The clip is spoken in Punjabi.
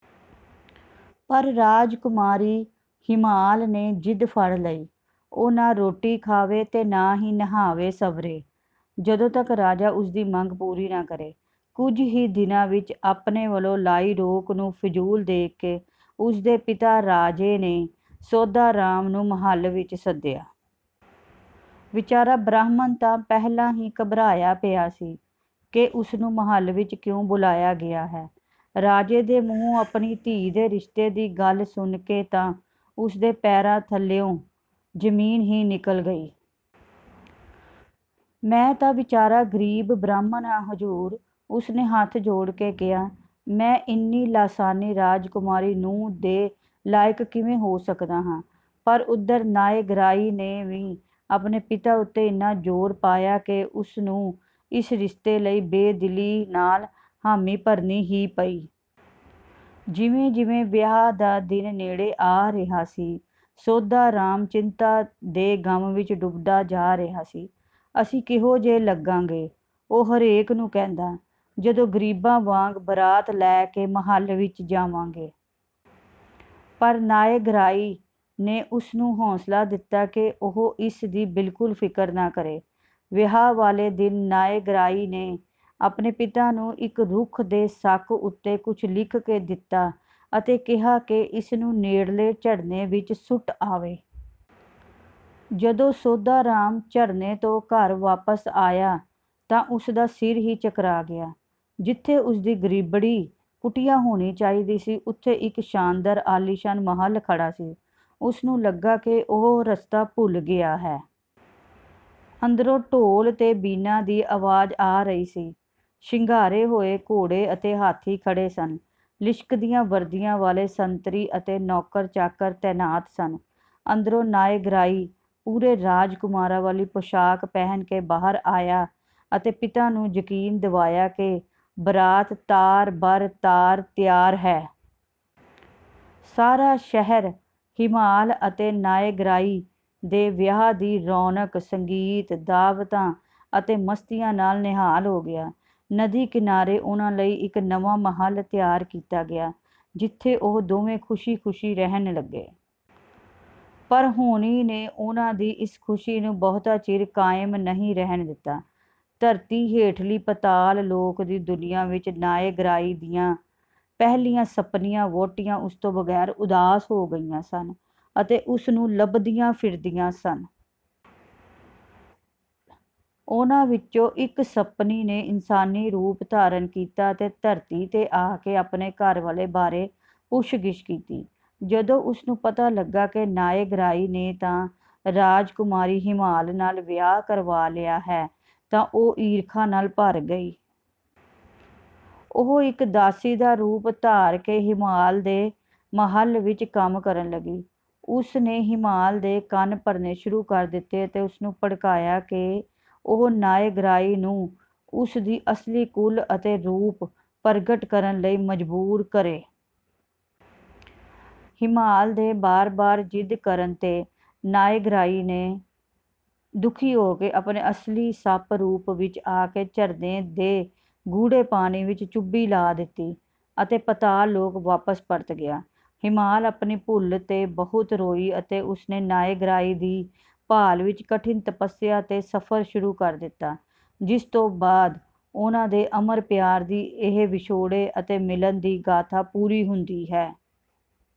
ਪਰ ਰਾਜਕੁਮਾਰੀ ਹੀਮਾਲ ਨੇ ਜ਼ਿੱਦ ਫੜ ਲਈ—ਉਹ ਨਾ ਰੋਟੀ ਖਾਵੇ ਤੇ ਨਾ ਹੀ ਨਹਾਵੇ-ਸੰਵਰੇ, ਜਦੋਂ ਤੱਕ ਰਾਜਾ ਉਸ ਦੀ ਮੰਗ ਪੂਰੀ ਨਾ ਕਰੇ। ਕੁਝ ਹੀ ਦਿਨਾਂ ਵਿੱਚ, ਆਪਣੇ ਵੱਲੋਂ ਲਾਈ ਰੋਕ ਨੂੰ ਫ਼ਿਜ਼ੂਲ ਦੇਖ ਕੇ, ਉਸ ਦੇ ਪਿਤਾ ਰਾਜੇ ਨੇ ਸੋਧਾ ਰਾਮ ਨੂੰ ਮਹੱਲ ਵਿੱਚ ਸੱਦਿਆ। ਵਿਚਾਰਾ ਬ੍ਰਾਹਮਣ ਤਾਂ ਪਹਿਲਾਂ ਹੀ ਘਬਰਾਇਆ ਪਿਆ ਸੀ ਕਿ ਉਸ ਨੂੰ ਮਹੱਲ ਵਿੱਚ ਕਿਉਂ ਬੁਲਾਇਆ ਗਿਆ ਹੈ। ਰਾਜੇ ਦੇ ਮੂੰਹੋਂ ਆਪਣੀ ਧੀ ਦੇ ਰਿਸ਼ਤੇ ਦੀ ਗੱਲ ਸੁਣ ਕੇ ਤਾਂ ਉਸ ਦੇ ਪੈਰਾਂ ਥੱਲਿਓਂ ਜ਼ਮੀਨ ਹੀ ਨਿਕਲ ਗਈ! "ਮੈਂ ਤਾਂ ਵਿਚਾਰਾ ਗਰੀਬ ਬ੍ਰਾਹਮਣ ਹਾਂ, ਹਜ਼ੂਰ!" ਉਸ ਨੇ ਹੱਥ ਜੋੜ ਕੇ ਕਿਹਾ, "ਮੈਂ ਇੰਨੀ ਲਾਸਾਨੀ ਰਾਜਕੁਮਾਰੀ ਨੂੰਹ ਦੇ ਲਾਇਕ ਕਿਵੇਂ ਹੋ ਸਕਦਾ ਹਾਂ?" ਪਰ ਉੱਧਰ ਨਾਇਗ੍ਰਾਈ ਨੇ ਵੀ ਆਪਣੇ ਪਿਤਾ ਉੱਤੇ ਇੰਨਾ ਜ਼ੋਰ ਪਾਇਆ ਕਿ ਉਸ ਨੂੰ ਇਸ ਰਿਸ਼ਤੇ ਲਈ ਬੇਦਿਲੀ ਨਾਲ ਹਾਮੀ ਭਰਨੀ ਹੀ ਪਈ। ਜਿਵੇਂ-ਜਿਵੇਂ ਵਿਆਹ ਦਾ ਦਿਨ ਨੇੜੇ ਆ ਰਿਹਾ ਸੀ, ਸੋਧਾ ਰਾਮ ਚਿੰਤਾ ਦੇ ਗ਼ਮ ਵਿੱਚ ਡੁੱਬਦਾ ਜਾ ਰਿਹਾ ਸੀ। "ਅਸੀਂ ਕਿਹੋ ਜਿਹੇ ਲੱਗਾਂਗੇ," ਉਹ ਹਰੇਕ ਨੂੰ ਕਹਿੰਦਾ, "ਜਦੋਂ ਗ਼ਰੀਬਾਂ ਵਾਂਗ ਬਾਰਾਤ ਲੈ ਕੇ ਮਹੱਲ ਵਿੱਚ ਜਾਵਾਂਗੇ!" ਪਰ ਨਾਇਗ੍ਰਾਈ ਨੇ ਉਸ ਨੂੰ ਹੌਸਲਾ ਦਿੱਤਾ ਕਿ ਉਹ ਇਸ ਦੀ ਬਿਲਕੁਲ ਫ਼ਿਕਰ ਨਾ ਕਰੇ। ਵਿਆਹ ਵਾਲੇ ਦਿਨ ਨਾਇਗ੍ਰਾਈ ਨੇ ਆਪਣੇ ਪਿਤਾ ਨੂੰ ਇੱਕ ਰੁੱਖ ਦੇ ਸੱਕ ਉੱਤੇ ਕੁਝ ਲਿਖ ਕੇ ਦਿੱਤਾ ਅਤੇ ਕਿਹਾ ਕਿ ਇਸ ਨੂੰ ਨੇੜਲੇ ਝਰਨੇ ਵਿੱਚ ਸੁੱਟ ਆਵੇ। ਜਦੋਂ ਸੋਧਾ ਰਾਮ ਝਰਨੇ ਤੋਂ ਘਰ ਵਾਪਸ ਆਇਆ ਤਾਂ ਉਸ ਦਾ ਸਿਰ ਹੀ ਚਕਰਾ ਗਿਆ! ਜਿੱਥੇ ਉਸ ਦੀ ਗ਼ਰੀਬੜੀ ਕੁਟੀਆ ਹੋਣੀ ਚਾਹੀਦੀ ਸੀ, ਉੱਥੇ ਇੱਕ ਸ਼ਾਨਦਾਰ ਆਲੀਸ਼ਾਨ ਮਹੱਲ ਖੜ੍ਹਾ ਸੀ। ਉਸ ਨੂੰ ਲੱਗਾ ਕਿ ਉਹ ਰਸਤਾ ਭੁੱਲ ਗਿਆ ਹੈ। ਅੰਦਰੋਂ ਢੋਲ ਤੇ ਬੀਨਾਂ ਦੀ ਆਵਾਜ਼ ਆ ਰਹੀ ਸੀ, ਸ਼ਿੰਗਾਰੇ ਹੋਏ ਘੋੜੇ ਤੇ ਹਾਥੀ ਖੜ੍ਹੇ ਸਨ, ਲਿਸ਼ਕਦੀਆਂ ਵਰਦੀਆਂ ਵਾਲੇ ਸੰਤਰੀ ਅਤੇ ਨੌਕਰ-ਚਾਕਰ ਤੈਨਾਤ ਸਨ। ਅੰਦਰੋਂ ਨਾਇਗ੍ਰਾਈ ਪੂਰੇ ਰਾਜਕੁਮਾਰਾਂ ਵਾਲੀ ਪੋਸ਼ਾਕ ਪਹਿਨ ਕੇ ਬਾਹਰ ਆਇਆ ਅਤੇ ਪਿਤਾ ਨੂੰ ਯਕੀਨ ਦਿਵਾਇਆ ਕਿ ਬਾਰਾਤ ਤਾਰ-ਬਰ-ਤਾਰ ਤਿਆਰ ਹੈ। ਸਾਰਾ ਸ਼ਹਿਰ ਹੀਮਾਲ ਅਤੇ ਨਾਇਗ੍ਰਾਈ ਦੇ ਵਿਆਹ ਦੀ ਰੌਣਕ, ਸੰਗੀਤ, ਦਾਅਵਤਾਂ ਅਤੇ ਮਸਤੀਆਂ ਨਾਲ ਨਿਹਾਲ ਹੋ ਗਿਆ। ਨਦੀ ਕਿਨਾਰੇ ਉਨ੍ਹਾਂ ਲਈ ਇੱਕ ਨਵਾਂ ਮਹੱਲ ਤਿਆਰ ਕੀਤਾ ਗਿਆ, ਜਿੱਥੇ ਉਹ ਦੋਵੇਂ ਖ਼ੁਸ਼ੀ-ਖ਼ੁਸ਼ੀ ਰਹਿਣ ਲੱਗੇ। ਪਰ ਹੋਣੀ ਨੇ ਉਨ੍ਹਾਂ ਦੀ ਇਸ ਖ਼ੁਸ਼ੀ ਨੂੰ ਬਹੁਤਾ ਚਿਰ ਕਾਇਮ ਨਹੀਂ ਰਹਿਣ ਦਿੱਤਾ। ਧਰਤੀ ਹੇਠਲੀ ਪਤਾਲ-ਲੋਕ ਦੀ ਦੁਨੀਆ ਵਿੱਚ ਨਾਇਗ੍ਰਾਈ ਦੀਆਂ ਪਹਿਲੀਆਂ ਸੱਪਣੀਆਂ-ਵਹੁਟੀਆਂ ਉਸ ਤੋਂ ਬਗ਼ੈਰ ਉਦਾਸ ਹੋ ਗਈਆਂ ਸਨ ਅਤੇ ਉਸ ਨੂੰ ਲੱਭਦੀਆਂ ਫਿਰਦੀਆਂ ਸਨ। ਉਨ੍ਹਾਂ ਵਿੱਚੋਂ ਇੱਕ ਸੱਪਣੀ ਨੇ ਇਨਸਾਨੀ ਰੂਪ ਧਾਰਨ ਕੀਤਾ ਅਤੇ ਧਰਤੀ 'ਤੇ ਆ ਕੇ ਆਪਣੇ ਘਰਵਾਲੇ ਬਾਰੇ ਪੁੱਛਗਿੱਛ ਕੀਤੀ। ਜਦੋਂ ਉਸ ਨੂੰ ਪਤਾ ਲੱਗਾ ਕਿ ਨਾਇਗ੍ਰਾਈ ਨੇ ਤਾਂ ਰਾਜਕੁਮਾਰੀ ਹੀਮਾਲ ਨਾਲ ਵਿਆਹ ਕਰਵਾ ਲਿਆ ਹੈ, ਤਾਂ ਉਹ ਈਰਖਾ ਨਾਲ ਭਰ ਗਈ। ਉਹ ਇੱਕ ਦਾਸੀ ਦਾ ਰੂਪ ਧਾਰ ਕੇ ਹੀਮਾਲ ਦੇ ਮਹੱਲ ਵਿੱਚ ਕੰਮ ਕਰਨ ਲੱਗੀ। ਉਸ ਨੇ ਹੀਮਾਲ ਦੇ ਕੰਨ ਭਰਨੇ ਸ਼ੁਰੂ ਕਰ ਦਿੱਤੇ ਅਤੇ ਉਸ ਨੂੰ ਭੜਕਾਇਆ ਕਿ ਉਹ ਨਾਇਗ੍ਰਾਈ ਨੂੰ ਉਸ ਦੀ ਅਸਲੀ ਕੁੱਲ ਅਤੇ ਰੂਪ ਪ੍ਰਗਟ ਕਰਨ ਲਈ ਮਜ਼ਬੂਰ ਕਰੇ। ਹੀਮਾਲ ਦੇ ਬਾਰ-ਬਾਰ ਜ਼ਿੱਦ ਕਰਨ 'ਤੇ, ਨਾਇਗ੍ਰਾਈ ਨੇ ਦੁਖੀ ਹੋ ਕੇ ਆਪਣੇ ਅਸਲੀ ਸੱਪ-ਰੂਪ ਵਿੱਚ ਆ ਕੇ ਝਰਨੇ ਦੇ ਗੂੜ੍ਹੇ ਪਾਣੀ ਵਿੱਚ ਚੁੱਭੀ ਲਾ ਦਿੱਤੀ ਅਤੇ ਪਤਾਲ-ਲੋਕ ਵਾਪਸ ਪਰਤ ਗਿਆ। ਹੀਮਾਲ ਆਪਣੀ ਭੁੱਲ 'ਤੇ ਬਹੁਤ ਰੋਈ ਅਤੇ ਉਸ ਨੇ ਨਾਇਗ੍ਰਾਈ ਦੀ ਭਾਲ ਵਿੱਚ ਕਠਿਨ ਤਪੱਸਿਆ ਤੇ ਸਫ਼ਰ ਸ਼ੁਰੂ ਕਰ ਦਿੱਤਾ, ਜਿਸ ਤੋਂ ਬਾਅਦ ਉਨ੍ਹਾਂ ਦੇ ਅਮਰ ਪਿਆਰ ਦੀ ਇਹ ਵਿਛੋੜੇ ਅਤੇ ਮਿਲਣ ਦੀ ਗਾਥਾ ਪੂਰੀ ਹੁੰਦੀ ਹੈ।